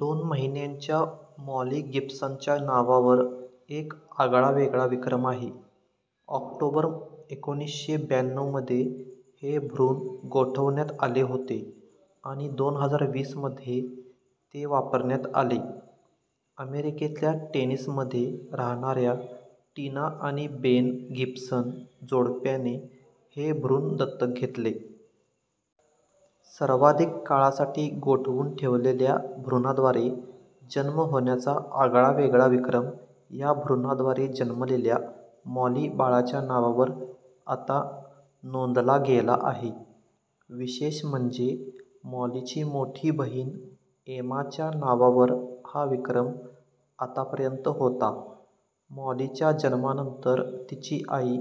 दोन महिन्यांच्या मॉली गिब्सनच्या नावावर एक आगळावेगळा विक्रम आहे. ऑक्टोबर एकोणीसशे ब्याण्णवमध्ये हे भ्रूण गोठवण्यात आले होते आणि दोन हजार वीसमध्ये ते वापरण्यात आले. अमेरिकेतल्या टेनेसीमध्ये राहणाऱ्या टीना आणि बेन गिब्सन जोडप्याने हे भ्रूण दत्तक घेतले. सर्वाधिक काळासाठी गोठवून ठेवलेल्या भ्रूणाद्वारे जन्म होण्याचा आगळावेगळा विक्रम या भ्रूणाद्वारे जन्मलेल्या मॉली बाळाच्या नावावर आता नोंदला गेला आहे. विशेष म्हणजे मॉलीची मोठी बहीण एमाच्या नावावर हा विक्रम आतापर्यंत होता. मॉलीच्या जन्मानंतर तिची आई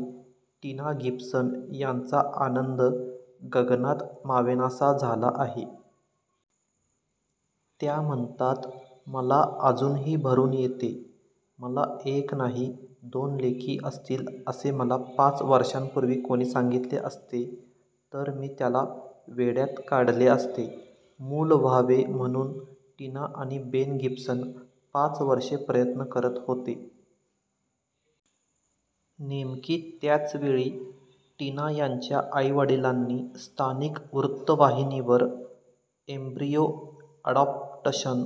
टीना गिब्सन यांचा आनंद गगनात मावेनासा झाला आहे. त्या म्हणतात, "मला अजूनही भरून येते. मला एक नाही दोन लेकी असतील असे मला पाच वर्षांपूर्वी कोणी सांगितले असते, तर मी त्याला वेड्यात काढले असते." मूल व्हावे म्हणून टीना आणि बेन गिब्सन पाच वर्षे प्रयत्न करत होते. नेमकी त्याच वेळी टीना यांच्या आई-वडिलांनी स्थानिक वृत्तवाहिनीवर एम्ब्रियो अडॉप्टशन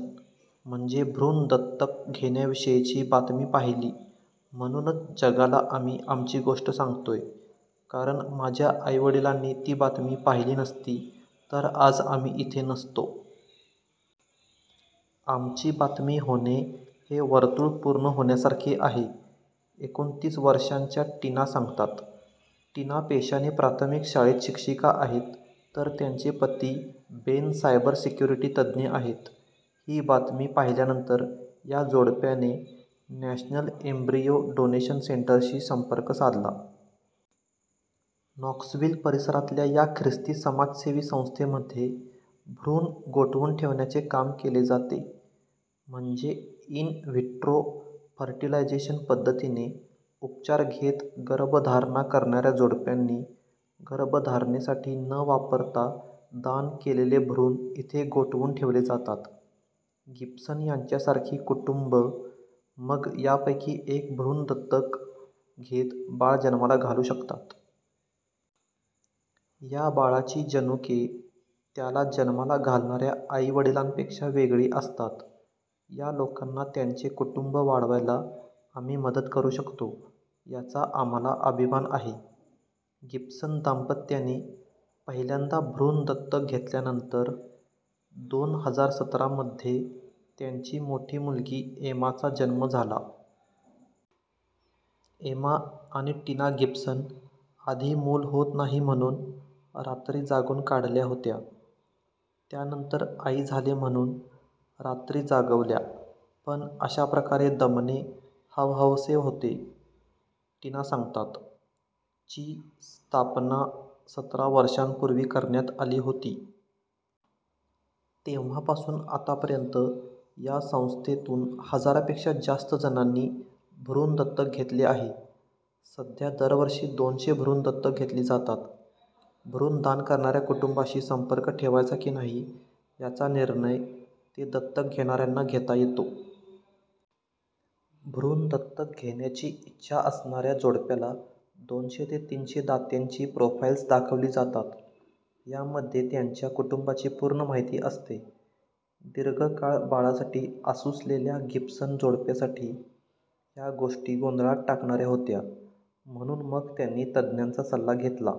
म्हणजे भ्रूण दत्तक घेण्याविषयीची बातमी पाहिली. "म्हणूनच जगाला आम्ही आमची गोष्ट सांगतोय. कारण माझ्या आई-वडिलांनी ती बातमी पाहिली नसती, तर आज आम्ही इथे नसतो. आमची बातमी होणे, हे वर्तुळ पूर्ण होण्यासारखे आहे," एकोणतीस वर्षांच्या टीना सांगतात. टीना पेशाने प्राथमिक शाळेत शिक्षिका आहेत तर त्यांचे पती बेन सायबर सिक्युरिटी तज्ज्ञ आहेत. ही बातमी पाहिल्यानंतर या जोडप्याने नॅशनल एम्ब्रियो डोनेशन सेंटरशी संपर्क साधला. नॉक्सव्हिल परिसरातल्या या ख्रिस्ती समाजसेवी संस्थेमध्ये भ्रूण गोठवून ठेवण्याचे काम केले जाते. म्हणजे इन व्हिट्रो फर्टिलायझेशन पद्धतीने उपचार घेत गर्भधारणा करणाऱ्या जोडप्यांनी गर्भधारणेसाठी न वापरता दान केलेले भ्रूण इथे गोठवून ठेवले जातात. गिब्सन यांच्यासारखी कुटुंबं मग यापैकी एक भ्रूण दत्तक घेत बाळ जन्माला घालू शकतात. या बाळाची जनुके त्याला जन्माला घालणाऱ्या आईवडिलांपेक्षा वेगळी असतात. या लोकांना त्यांचे कुटुंब वाढवायला आम्ही मदत करू शकतो याचा आम्हाला अभिमान आहे. गिब्सन दांपत्याने पहिल्यांदा भ्रूण दत्तक घेतल्यानंतर दोन हजार सतरामध्ये त्यांची मोठी मुलगी एमाचा जन्म झाला. एमा आणि टीना गिब्सन "आधी मूल होत नाही म्हणून रात्री जागून काढल्या होत्या. त्यानंतर आई झाले म्हणून रात्री जागवल्या. पण अशाप्रकारे दमणे हवंहवसे होते," टीना सांगतात. ची स्थापना सतरा वर्षांपूर्वी करण्यात आली होती. तेव्हापासून आतापर्यंत या संस्थेतून हजारापेक्षा जास्त जणांनी भ्रूण दत्तक घेतले आहे. सध्या दरवर्षी दोनशे भ्रूण दत्तक घेतली जातात. भ्रूण दान करणाऱ्या कुटुंबाशी संपर्क ठेवायचा की नाही, याचा निर्णय ते दत्तक घेणाऱ्यांना घेता येतो. भ्रूण दत्तक घेण्याची इच्छा असणाऱ्या जोडप्याला दोनशे ते तीनशे दात्यांची प्रोफाईल्स दाखवली जातात. यामध्ये त्यांच्या कुटुंबाची पूर्ण माहिती असते. दीर्घकाळ बाळासाठी आसुसलेल्या गिब्सन जोडप्यासाठी या गोष्टी गोंधळात टाकणाऱ्या होत्या. म्हणून मग त्यांनी तज्ज्ञांचा सल्ला घेतला.